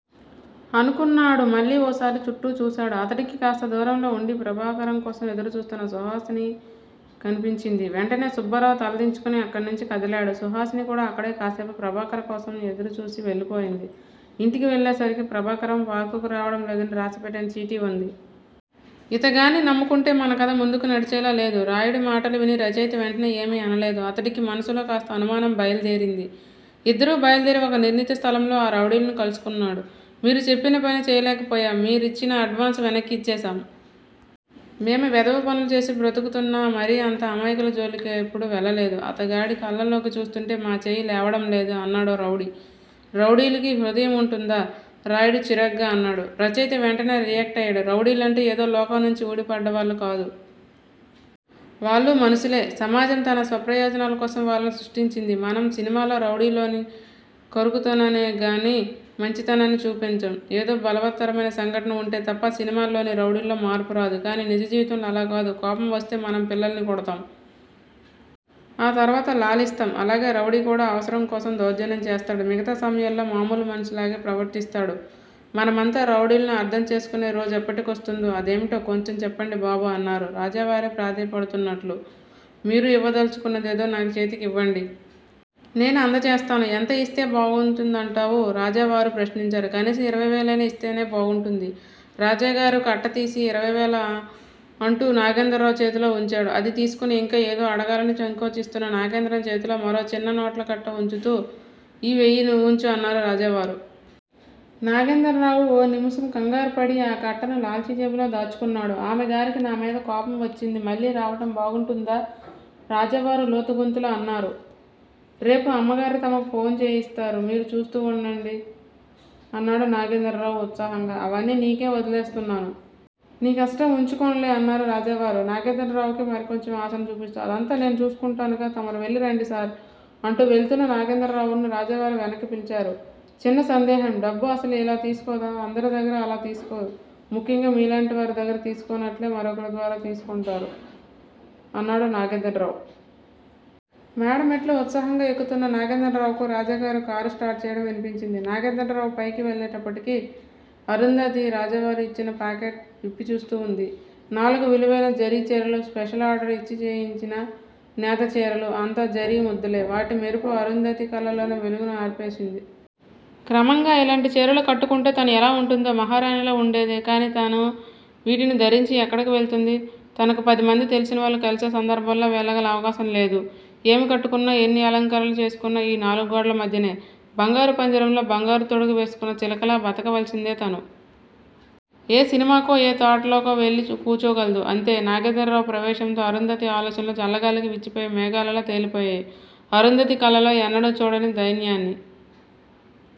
అనుకున్నాడు. మళ్ళీ ఓసారి చుట్టూ చూశాడు. అతడికి కాస్త దూరంలో ఉండి ప్రభాకరం కోసం ఎదురు చూస్తున్న సుహాసిని కనిపించింది. వెంటనే సుబ్బారావు తల దించుకుని అక్కణ్ణించి కదిలాడు. సుహాసిని కూడా అక్కడే కాసేపు ప్రభాకరం కోసం ఎదురు చూసి వెళ్ళిపోయింది. ఇంటికి వెళ్ళేసరికి ప్రభాకరం పార్కుకు రావడం లేదని రాసిపెట్టిన చీటీ ఉంది. ఇతగాన్ని నమ్ముకుంటే మన కథ ముందుకు నడిచేలా లేదు. రాయుడి మాటలు విని రచయిత వెంటనే ఏమీ అనలేదు. అతడికీ మనసులో కాస్త అనుమానం బయల్దేరింది. ఇద్దరూ బయల్దేరి ఒక నిర్ణీత స్థలంలో ఆ రౌడీలను కలుసుకున్నాడు. మీరు చెప్పిన పని చేయలేకపోయాం! మీ రిచ్చిన అడ్వాన్సు వెనక్కిచ్చేస్తాం. మేము వెధవపనులు చేసి బ్రతుకుతున్నా మరీ అంత అమాయకుల జోలికెప్పుడూ వెళ్ళలేదు. అతగాడి కళ్ళలోకి చూస్తూంటే మా చెయ్యి లేవడం లేదు అన్నాడో రౌడీ. రౌడీలకు హృదయముంటుందా? రాయుడు చిరాగ్గా అన్నాడు. రచయిత వెంటనే రియాక్టయ్యాడు రౌడీలంటే ఏదో లోకం నుంచి ఊడి పడ్డవాళ్ళు కాదు. వాళ్ళూ మనుషులే! సమాజం తన స్వప్రయోజనాల కోసం వాళ్ళను సృష్టించింది. మనం సినిమాల్లో రౌడీలోని కరుకుతనాన్నే గానీ మంచితనాన్ని చూపించం. ఏదో బలవత్తరమైన సంఘటన ఉంటే తప్ప సినిమాల్లోని రౌడీల్లో మార్పు రాదు. కానీ నిజ జీవితంలో అలా గాదు. కోపం వస్తే మనం పిల్లల్ని కొడతాం. ఆ తర్వాత లాలిస్తాం. అలాగే రౌడీ కూడా అవసరం కోసం దౌర్జన్యం చేస్తాడు. మిగతా సమయాల్లో మామూలు మనిషిలాగే ప్రవర్తిస్తాడు. మనమంతా రౌడీలను అర్ధం చేసుకునే రోజెప్పటి కొస్తుందో! అదేమిటో కొంచెం చెప్పండి బాబూ! అన్నారు రాజావారే ప్రాధేయ పడుతున్నట్లు. మీరు ఇవ్వదలచుకున్నదేదో నాచేతి కివ్వండి. నేను అందచేస్తాను. ఎంత ఇస్తే బాగుంటుందంటావు? రాజావారు, ప్రశ్నించారు. కనీసం ఇరవై వేలయినా ఇస్తేనే బాగుంటుంది. రాజాగారు కట్ట తీసి, ఇరవైవేల అంటూ నాగేంద్రరావు చేతిలో ఉంచాడు. అది తీసుకుని ఇంకా ఏదో అడగాలని సంకోచిస్తున్న నాగేంద్రం చేతిలో మరో చిన్న నోట్ల కట్ట ఉంచుతూ, ఈ వెయ్యీ నువ్వుంచు అన్నారు రాజావారు. నాగేంద్రరావు ఓ నిముషం కంగారుపడి, ఆ కట్టను లాల్చీజేబులో దాచుకున్నాడు. ఆమె గారికి నామీద కోపం వచ్చింది. మళ్ళీ రావటం బాగుంటుందా? రాజావారు లోతు గొంతులో అన్నారు. రేపు అమ్మగారే తమ ఫోను చేయిస్తారు. మీరు చూస్తూ ఉండండి అన్నాడు నాగేంద్రరావు ఉత్సాహంగా. అవన్నీ నీకే వదిలేస్తున్నాను. నీ కష్టం ఉంచుకోనులే అన్నారు రాజావారు, నాగేంద్రరావుకి మరికొంచెం ఆశను చూపిస్తూ. అదంతా నేను చూసుకుంటానుగా? తమరు వెళ్ళిరండి సార్! అంటూ వెళుతున్న నాగేంద్రరావును రాజావారు వెనక్కి పిలిచారు. చిన్న సందేహం! డబ్బు అసలు ఇలా తీసుకోదా? అందరి దగ్గరా అలా తీసుకోదు, ముఖ్యంగా మీలాంటివారి దగ్గర తీసుకోనట్లే మరొకరి ద్వారా తీసుకొంటారు అన్నాడు నాగేంద్రరావు. మేడ మెట్లు ఉత్సాహంగా ఎక్కుతున్న నాగేంద్రరావుకు రాజాగారు కారు స్టార్టు చెయ్యడం వినిపించింది. నాగేంద్రరావు పైకి వెళ్ళేప్పటికి అరుంధతి రాజావారు ఇచ్చిన పాకెట్ విప్పిచూస్తూ వుంది. నాలుగు విలువైన జరీ చీరలు, స్పెషల్ ఆర్డరు ఇచ్చి నేయించిన నేత చీరలు, అంత జరీ ముద్దలే. వాటి మెరుపు అరుంధతి కళ్ళల్లోనే వెలుగును ఆర్పేసింది. క్రమంగా ఇలాంటి చీరలు కట్టుకుంటే తను ఎలా ఉంటుందో! మహారాణిలా ఉండేదే! కాని తను వీటిని ధరించి ఎక్కడకు వెళుతుంది? తనకు పదిమందీ తెలిసినవాళ్ళు కలిసే సందర్భాల్లో వెళ్ళగల అవకాశం లేదు. ఏమి కట్టుకున్నా, ఎన్ని అలంకరణలు చేసుకున్నా ఈ నాలుగు గోడల మధ్యనే. బంగారు పంజరంలో బంగారు తొడుగు వేసుకొన్న చిలకలా బతకవలసిందే తను. ఏ సినిమాకో, ఏ తోటలోకో వెళ్ళి కూచోగలదు. అంతే. నాగేంద్రరావు ప్రవేశంతో అరుంధతి ఆలోచనలు చల్లగాలికి విచ్చిపోయే మేఘాలలా తేలిపోయాయి. అరుంధతి కళ్ళలో ఎన్నడూ చూడని దైన్యాన్ని